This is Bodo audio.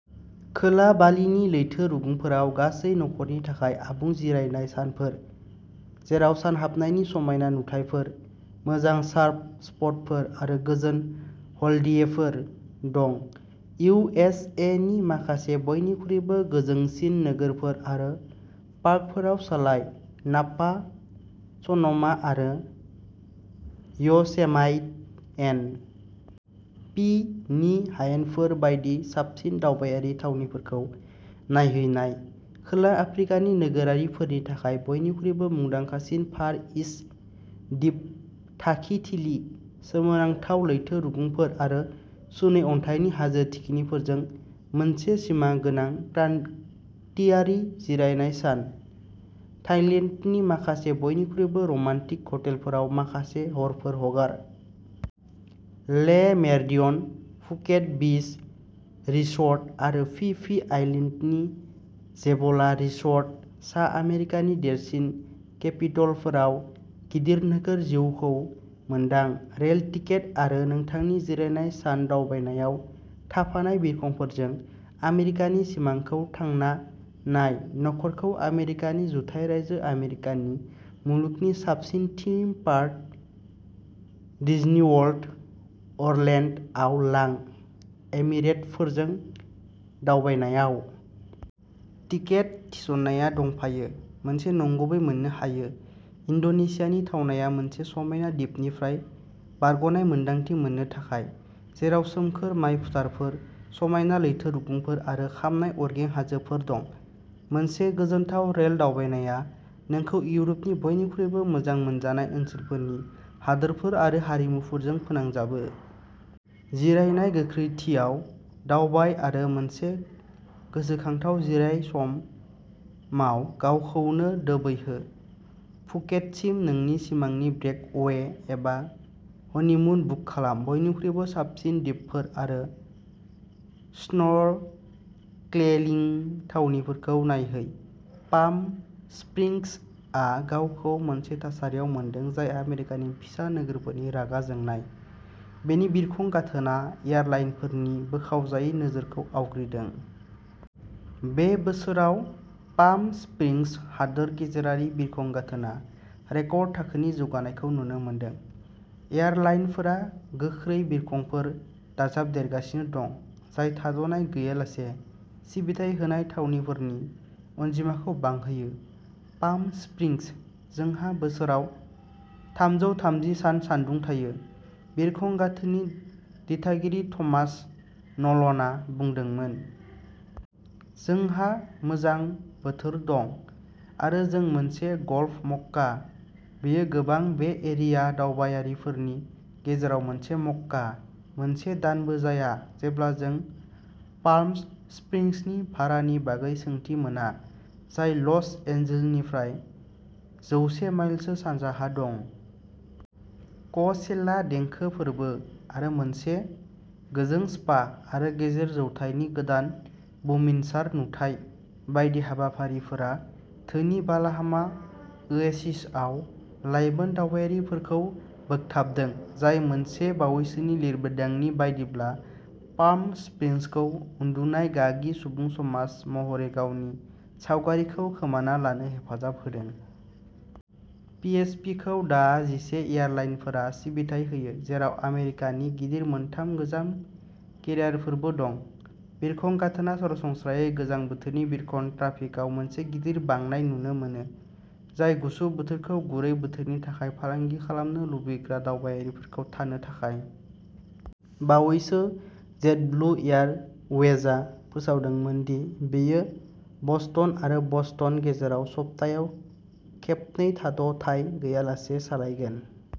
खोला बालिनि लैथो रुगुंफोराव गासै नखरनि थाखाय आबुं जिरायनाय सानफोर, जेराव सानहाबनायनि समायना नुथायफोर, मोजां सार्फ स्पटफोर आरो गोजोन ह'ल्डियेफोर दं। इउ. एस. ए. नि माखासे बयनिख्रुइबो गोजोंसिन नोगोरफोर आरो पार्कफोराव सालाय, नापा, सन'मा आरो य'सेमाइट एन. पि. नि हायेनफोर बायदि साबसिन दावबायारि थावनिफोरखौ नायहैनाय। खोला आफ्रिकानि नोगोरारिफोरनि थाखाय बयनिख्रुइबो मुंदांखासिन फार इस्ट दिप थाखिथिलि, सोमोनांथाव लैथो रुगुंफोर आरो सुनै अन्थाइनि हाजो थिखिनिफोरजों, मोनसे सिमांगोनां क्रान्तियारि जिरायनाय सान। थाइलेन्डनि माखासे बयनिख्रुइबो रमान्टिक हटेलफोराव माखासे हरफोर हगार। Le Meridien Phuket Beach Resort आरो फि फि आइलेन्डनि जेभ'ला रिसर्ट। सा आमेरिकानि देरसिन केपिटलफोराव गिदिर नोगोर जिउखौ मोनदां, रेल टिकेट आरो नोंथांनि जिरायनाय सान दावबायनायाव थाफानाय बिरखंफोरजों। आमेरिकानि सिमांखौ थांना नाय! नखरखौ आमेरिकानि जुथाइ रायजो आमेरिकानि मुलुगनि साबसिन थीम पार्क, डिज्निवर्ल्ड अरलेन्ड'आव लां, एमिरेटफोरजों दावबायनायाव। टिकेट थिसननाया दंफायो! मोनसे नंगुबै मोननो हायो। इन्ड'नेसियानि थावनाया मोनसे समायना दिपनिफ्राय बारग'नाय मोन्दांथि मोननो थाखाय, जेराव सोमखोर माय फोथारफोर, समायना लैथो रुगुंफोर आरो खामनाय अरगें हाजोफोर दं। मोनसे गोजोनथाव रेल दावबायनाया नोंखौ इउर'पनि बयनिख्रुइबो मोजां मोनजानाय ओनसोलफोरनि हादोरफोर आरो हारिमुफोरजों फोनांजाबो। जिरायनाय गोख्रैथियाव दावबाय आरो मोनसे गोसोखांथाव जिरायसम माव गावखौनो दोबैहो। फुकेतसिम नोंनि सिमांनि ब्रेकअवे एबा हनिमुन बुक खालाम, बयनिख्रुइबो साबसिन दिपफोर आरो स्नर्केलिं थावनिफोरखौ नायहै! पाम स्प्रिंग्सआ गावखौ मोनसे थासारियाव मोनदों जाय आमेरिकानि फिसा नोगोरफोरनि रागा जोंनायः बेनि बिरखं गाथोना एयारलाइनफोरनि बोखावजायै नोजोरखौ आवग्रिदों। बे बोसोराव, पाम स्प्रिंग्स हादोर गेजेरारि बिरखं गाथोना रेकर्ड थाखोनि जौगानायखौ नुनो मोनदों। एयारलाइनफोरा गोख्रै बिरखंफोर दाजाबदेरगासिनो दं, जाय थाद'नाय गैयालासे सिबिथाय होनाय थावनिफोरनि अनजिमाखौ बांहोयो। Palm Springs. "जोंहा बोसोराव थामजौ थामजि सान सानदुं थायो", बिरखं गाथोननि दिथागिरि थमास न'लनआ बुंदोंमोन। "जोंहा मोजां बोथोर दं, आरो जों मोनसे गल्फ मक्का।" बेयो गोबां बे एरिया दावबायारिफोरनि गेजेराव मोनसे मक्का। मोनसे दानबो जाया जेब्ला जों पाल्मस स्प्रिंग्सनि भारानि बागै सोंथि मोना, जाय लस एन्जेलनिफ्राय जौसे माइलसो सानजाहा दं। क'चेला देंखो फोरबो आरो मोनसे गोजों स्पा आरो गेजेर जौथाइनि गोदान बुमिनसार नुथाइ बायदि हाबाफारिफोरा धोनि बालाहामा ओएसिसआव लाइमोन दावबायारिफोरखौ बोगथाबदों, जाय मोनसे बावैसोनि लिरबिदांनि बायदिब्ला, पाल्म स्प्रिंग्सखौ "उन्दुनाय गागि सुबुं समाज" महरै गावनि सावगारिखौ खोमाना लानो हेफाजाब होदों। पिएसपीखौ दा जिसे एयारलाइनफोरा सिबिथाय होयो, जेराव आमेरिकानि गिदिर मोनथाम गोजाम केरियारफोरबो दं। बिरखं गाथोना सरासनस्रायै गोजां बोथोरनि बिरखं ट्राफिकाव मोनसे गिदिर बांनाय नुनो मोनो, जाय गुसु बोथोरखौ गुरै बोथोरनि थाखाय फालांगि खालामनो लुबैग्रा दावबायारिफोरखौ थानो थाखाय। बावैसो, जेटब्लु एयारवेजा फोसावदोंमोन दि बेयो बस्टन आरो बस्टन गेजेराव सप्तायाव खेबनै थाद'थाय गैयालासे सालायगोन।